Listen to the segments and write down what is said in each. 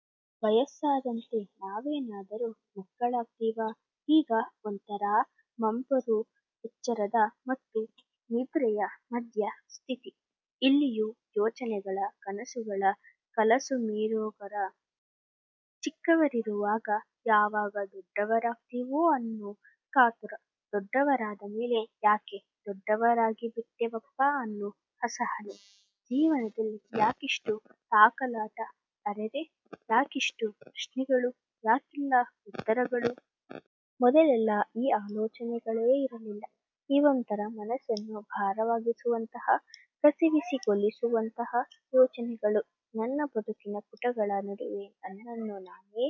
" ವಯಸ್ಸಾದಂತೆ ನಾವೇನಾದರೂ ಮಕ್ಕಳಾಗ್ತೀವ? ಈಗ ಒಂಥರಾ ಮಂಪರುಎಚ್ಚರದ ಮತ್ತು ನಿದ್ರೆಯ ಮಧ್ಯ ಸ್ಥಿತಿ. ಇಲ್ಲಿಯೂ ಯೋಚನೆಗಳ, ಕನಸುಗಳ ಕಲಸುಮೇಲೋಗರ. ಚಿಕ್ಕವರಿರುವಾಗ ಯಾವಾಗ ದೊಡ್ದವರಾಗ್ತೀವೋ ಅನ್ನೋ ಕಾತುರ. ದೊಡ್ಡವರಾದ ಮೇಲೆ ಯಾಕೆ ದೊಡ್ಡವರಾಗಿಬಿಟ್ಟೆವಪ್ಪ ಅನ್ನೋ ಅಸಹನೆ. ಜೀವನದಲ್ಲಿ ಯಾಕಿಷ್ಟು ತಾಕಲಾಟ? ಅರೆರೆ ಯಾಕಿಷ್ಟು ಪ್ರಶ್ನೆಗಳು? ಯಾಕಿಲ್ಲ ಉತ್ತರಗಳು? ಮೊದಲೆಲ್ಲ ಈ ಆಲೋಚನೆಗಳೇ ಇರಲಿಲ್ಲ. ಇವೊಂತರ ಮನಸ್ಸನ್ನು ಭಾರವಾಗಿಸುವಂತಹ, ಕಸಿವಿಸಿಗೊಲೋಸುವಂತಹ ಯೋಚನೆಗಳು. ನನ್ನ ಬದುಕಿನ ಪುಟಗಳ ನಡುವೆ ನನ್ನನ್ನು ನಾನೇ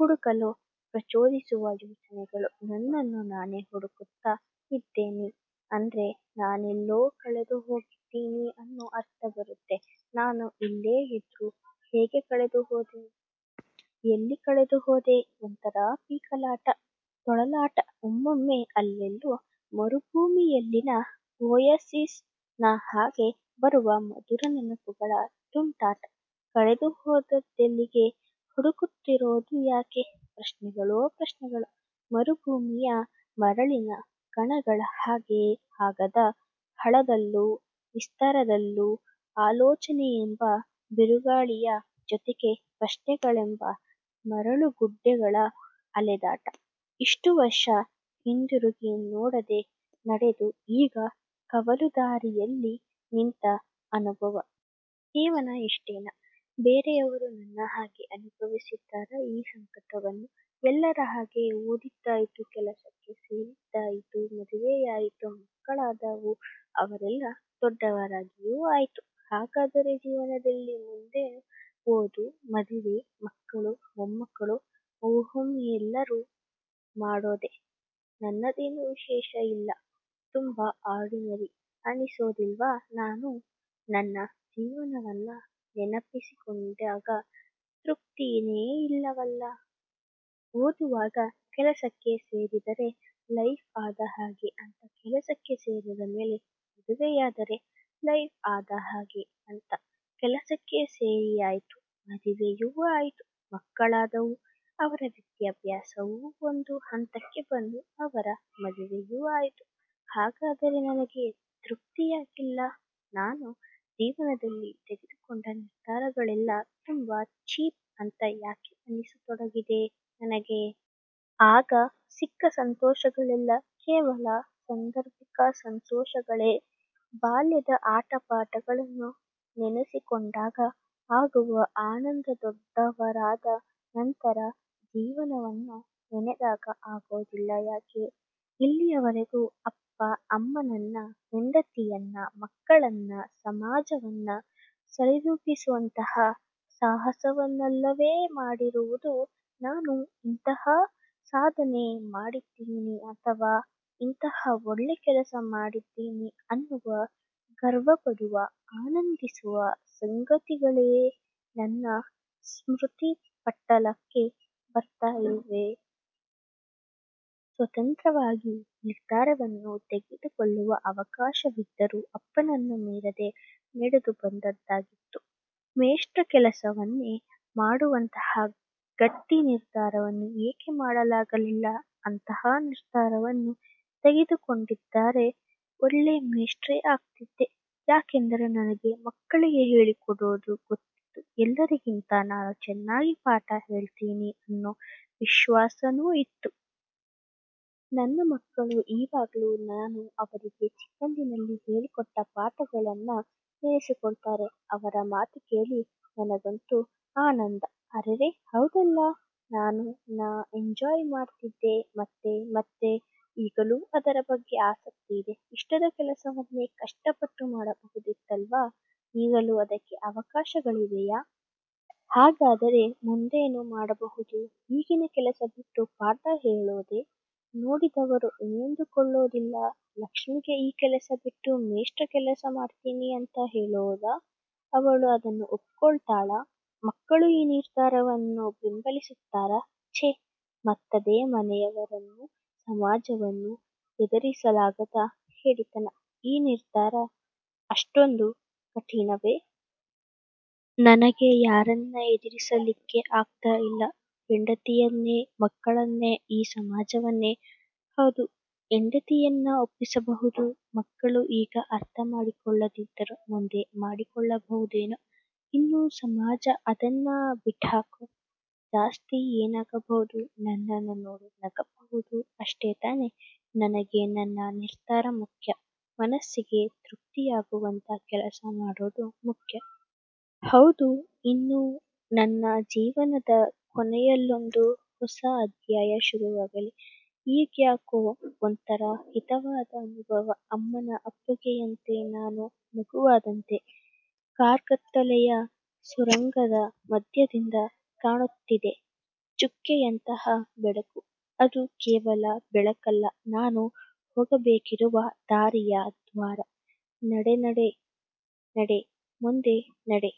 ಹುಡುಕಲು ಪ್ರಚೋದಿಸುವ ಯೋಚನೆಗಳು. ನನ್ನನು ನಾನೇ ಹುಡುಕುತ್ತ ಇದ್ದೆನಿ ಅಂದ್ರೆ ನಾನೆಲ್ಲೋ ಕಳೆದುಹೊಗಿದ್ದೀನಿ ಅನ್ನೋ ಅರ್ಥ ಬರುತ್ತೆ. ನಾನು ಇಲ್ಲೇ ಇದ್ರೂ ಹೇಗೆ ಕಳೆದುಹೋದೆ? ಎಲ್ಲಿ ಕಳೆದುಹೋದೆ? ಒಂಥರಾ ಪೀಕಲಾಟ, ತೊಳಲಾಟ. ಒಮ್ಮೊಮ್ಮೆ ಅಲ್ಲೆಲ್ಲೋ ಮರುಭೂಮಿಯಲ್ಲಿನ ಓಯಸಿಸ್ ನ ಹಾಗೆ ಬರುವ ಮಧುರ ನೆನಪುಗಳ ತುಂಟಾಟ. ಕಳೆದುಹೊದದ್ದೆಲ್ಲಿಗೆ, ಹುಡುಕುತ್ತಿರೋದು ಯಾಕೆ? ಪ್ರಶ್ನೆಗಳೋ ಪ್ರಶ್ನೆಗಳು. ಮರುಭೂಮಿಯ ಮರಳಿನ ಕಣಗಳ ಹಾಗೆಅಗಾಧ ಅಳದಲ್ಲೂ, ವಿಸ್ತಾರದಲ್ಲೂ. ಆಲೋಚನೆಯೆಂಬ ಬಿರುಗಾಳಿಯ ಜೊತೆಗೆ ಪ್ರಶ್ನೆಗಳೆಂಬ ಮರಳುಗುಡ್ಡೆಗಳ ಅಲೆದಾಟ. ಇಷ್ಟು ವರ್ಷ ಹಿಂದಿರುಗಿ ನೋಡದೆ ನಡೆದು ಈಗ ಕವಲುದಾರಿಯಲ್ಲಿ ನಿಂತ ಅನುಭವ. ಜೀವನ ಇಷ್ಟೇನಾ? ಬೇರೆಯವರು ನನ್ನ ಹಾಗೆ ಅನುಭವಿಸಿದ್ದಾರ ಈ ಸಂಕಟವನ್ನು? ಎಲ್ಲರ ಹಾಗೆ ಓದಿದ್ದಾಯಿತು, ಕೆಲಸಕ್ಕೆ ಸೇರಿದ್ದಾಯಿತು, ಮದುವೆಯಾಯಿತು, ಮಕ್ಕಳಾದವುಅವರೆಲ್ಲ ದೊಡ್ದವರಾಗಿಯು ಆಯ್ತು. ಹಾಗಾದರೆ ಜೀವನದಲ್ಲಿ ಮುಂದೇನು? ಓದುಮದುವೆಮಕ್ಕಳುಮೊಮ್ಮಕ್ಕಳುಉಹುಂಎಲ್ಲರು ಮಾಡೋದೇ. ನನ್ನದೇನು ವಿಶೇಷ ಇಲ್ಲ. ತುಂಬ ಆರ್ಡಿನರಿ ಅನಿಸೋದಿಲ್ವಾ ನಾನು? ನನ್ನ ಜೀವನವನ್ನ ನೆನಸಿಕೊಂಡಾಗ ತ್ರುಪ್ತಿನೆ ಇಲ್ಲವಲ್ಲ! ಓದುವಾಗ ಕೆಲಸಕ್ಕೆ ಸೇರಿದರೆ ಲೈಫ್ ಆದ ಹಾಗೆ ಅಂತ ಕೆಲಸಕ್ಕೆ ಸೇರಿದ ಮೇಲೆ ಮದುವೆಯಾದರೆ ಲೈಫ್ ಆದ ಹಾಗೆ ಅಂತ. ಕೆಲಸಕ್ಕೆ ಸೇರಿಯಾಯಿತು, ಮದುವೆಯು ಆಯಿತು, ಮಕ್ಕಳಾದವು, ಅವರ ವಿದ್ಯಾಭ್ಯಾಸವು ಒಂದು ಹಂತಕ್ಕೆ ಬಂದು ಅವರ ಮದುವೆಯು ಆಯಿತು. ಹಾಗಾದರೆ ನನಗೆ ತೃಪ್ತಿ ಯಾಕಿಲ್ಲ? ನಾನು ಜೀವನದಲ್ಲಿ ತೆಗೆದುಕೊಂಡ ನಿರ್ಧಾರಗಳೆಲ್ಲ ತುಂಬ ಚೀಪ್ ಅಂತ ಯಾಕೆ ಅನಿಸತೊಡಗಿದೆ ನನಗೆ? ಆಗ ಸಿಕ್ಕ ಸಂತೋಷಗಳೆಲ್ಲ ಕೇವಲ ಸಾಂಧರ್ಭಿಕ ಸಂತೋಷಗಳೇ? ಬಾಲ್ಯದ ಆಟ ಪಾಠಗಳನ್ನು ನೆನೆಸಿಕೊಂಡಾಗ ಆಗುವ ಆನಂದದೊಡ್ಡವರಾದ ನಂತರ ಜೀವನವನ್ನು ನೆನೆದಾಗ ಆಗೋದಿಲ್ಲ ಯಾಕೆ? ಇಲ್ಲಿಯವರೆಗೂ ಅಪ್ಪ ಅಮ್ಮನನ್ನ, ಹೆಂಡತಿಯನ್ನ, ಮಕ್ಕಳನ್ನ, ಸಮಾಜವನ್ನ ಸರಿದೂಗಿಸುವಂತಹ ಸಾಹಸವನ್ನಲ್ಲವೇ ಮಾಡಿರಿವುದು? ನಾನು ಇಂತಹ ಸಾಧನೆ ಮಾಡಿದೀನಿ ಅಥವಾ ಇಂತಹ ಒಳ್ಳೆ ಕೆಲಸ ಮಾಡಿದ್ದೀನಿ ಅನ್ನುವ, ಗರ್ವಪಡುವ, ಆನಂದಿಸುವ ಸಂಗತಿಗಳೇ ನನ್ನ ಸ್ಮೃತಿಪಟಲಕ್ಕೆ ಬರ್ತಾ ಇಲ್ವೆ? ಸ್ವತಂತ್ರವಾಗಿ ನಿರ್ಧಾರವನ್ನು ತೆಗೆದುಕೊಳ್ಳುವ ಅವಕಾಶವಿದ್ದರೂ ಅಪ್ಪನನ್ನು ಮೀರದೆ ನಡೆದು ಬಂದದ್ದಾಗಿತ್ತು. ಮೇಷ್ಟ್ರ ಕೆಲಸವನ್ನೇ ಮಾಡುವಂತಹ ಗಟ್ಟಿ ನಿರ್ಧಾರವನ್ನು ಏಕೆ ಮಾಡಲಾಗಲಿಲ್ಲ? ಅಂತಹ ನಿರ್ಧಾರವನ್ನು ತೆಗೆದುಕೊಂಡಿದ್ದಾರೆ ಒಳ್ಳೆ ಮೇಷ್ಟ್ರೇ ಆಗ್ತಿದ್ದೆ. ಯಾಕೆಂದರೆ ನನಗೆ ಮಕ್ಕಳಿಗೆ ಹೇಳಿಕೊಡೋದು ಗೊತ್ತಿತ್ತು. ಎಲ್ಲರಿಗಿಂತ ನಾನು ಚೆನ್ನಾಗಿ ಪಾಠ ಹೇಳ್ತೀನಿ ಅನ್ನೋ ವಿಶ್ವಾಸಾನು ಇತ್ತು. ನನ್ನ ಮಕ್ಕಳು ಈವಾಗ್ಲು ನಾನು ಅವರಿಗೆ ಚಿಕ್ಕಂದಿನಲ್ಲಿ ಹೇಳಿಕೊಟ್ಟ ಪಾಠಗಳನ್ನ ನೆನೆಸಿಕೊಳ್ತಾರೆ. ಅವರ ಮಾತು ಕೇಳಿ ನನಗೊಂತರ ಆನಂದ. ಅರೆರೆ ಹೌದಲ್ಲ ನಾನು ನ ಎಂಜಾಯ್ ಮಾಡ್ತಿದ್ದೆ ಮತ್ತೆ.. ಮತ್ತೆ ಈಗಲೂ ಅದರ ಬಗ್ಗೆ ಆಸಕ್ತಿ ಇದೆ. ಇಷ್ಟದ ಕೆಲಸವನ್ನೇ ಕಷ್ಟಪಟ್ಟು ಮಾಡಬಹುದಿತ್ತಲ್ವ? ಈಗಲೂ ಅದಕ್ಕೆ ಅವಕಾಶಗಳಿವೆಯಾ? ಹಾಗಾದರೆ ಮುಂದೇನು ಮಾಡಬಹುದು? ಈಗಿನ ಕೆಲಸ ಬಿಟ್ಟು ಪಾಠ ಹೇಳೋದೇ? ನೋಡಿದವರು ಏನೆಂದುಕೊಳ್ಳೋದಿಲ್ಲ. ಲಕ್ಷ್ಮಿಗೆ ಈ ಕೆಲಸ ಬಿಟ್ಟು ಮೇಷ್ಟ್ರ ಕೆಲಸ ಮಾಡ್ತೀನಿ ಅಂತ ಹೇಳೋದ? ಅವಳು ಅದನ್ನು ಒಪ್ಕೊತಾಳ? ಮಕ್ಕಳು ಈ ನಿರ್ಧಾರವನ್ನು ಬೆಂಬಲಿಸುತ್ತಾರ? ಛೆ ಮತ್ತದೇ ಮನೆಯವರನ್ನು, ಸಮಾಜವನ್ನು ಎದುರಿಸಲಾಗದ ಹೇಡಿತನ. ಈ ನಿರ್ಧಾರ ಅಷ್ಟೊಂದು ಕಠಿಣವೇ? ನನಗೆ ಯಾರನ್ನ ಎದುರಿಸಲಿಕ್ಕೆ ಆಗ್ತ ಇಲ್ಲ? ಹೆಂಡತಿಯನ್ನೇ? ಮಕ್ಕಳನ್ನೇ? ಈ ಸಮಾಜವನ್ನೇ? ಹೌದು ಹೆಂಡತಿಯನ್ನ ಒಪ್ಪಿಸಬಹುದು. ಮಕ್ಕಳು ಈಗ ಅರ್ಥ ಮಾಡಿಕೊಳ್ಳದಿದ್ದರೂ ಮುಂದೆ ಮಾಡಿಕೊಳ್ಳಬಹುದೇನೋ. ಇನ್ನು ಸಮಾಜಅದನ್ನ ಬಿಟ್ಹಾಕು. ಜಾಸ್ತಿ ಏನಾಗಬಹುದು? ನನ್ನನ್ನು ನೋಡಿ ನಗಬಹುದು. ಅಷ್ಟೆತಾನೆ. ನನಗೆ ನನ್ನ ನಿರ್ಧಾರ ಮುಖ್ಯ. ಮನಸ್ಸಿಗೆ ತ್ರುಪ್ತಿಯಗುವಂತ ಕೆಲಸ ಮಾಡೋದು ಮುಖ್ಯ. ಹೌದು ಇನ್ನು. ನನ್ನ ಜೀವನದ ಕೊನೆಯಲ್ಲೊಂದು ಹೊಸ ಅಧ್ಯಾಯ ಶುರುವಾಗಲಿ. ಈಗ್ಯಾಕೋ ಒಂಥರಾ ಹಿತವಾದ ಅನುಭವ ಅಮ್ಮನ ಅಪ್ಪುಗೆಯಂತೆ ನಾನು ಮಗುವಾದಂತೆ. ಕಾರ್ಗತ್ತಲೆಯ ಸುರಂಗದ ಮಧ್ಯದಿಂದ ಕಾಣುತ್ತಿದೆ ಚುಕ್ಕೆಯಂತಹ ಬೆಳಕು. ಅದು ಕೇವಲ ಬೆಳಕಲ್ಲ ನಾನು ಹೋಗಬೇಕಿರುವ ದಾರಿಯ ದ್ವಾರ. ನಡೆನಡೆನಡೆ ಮುಂದೆ ನಡೆ.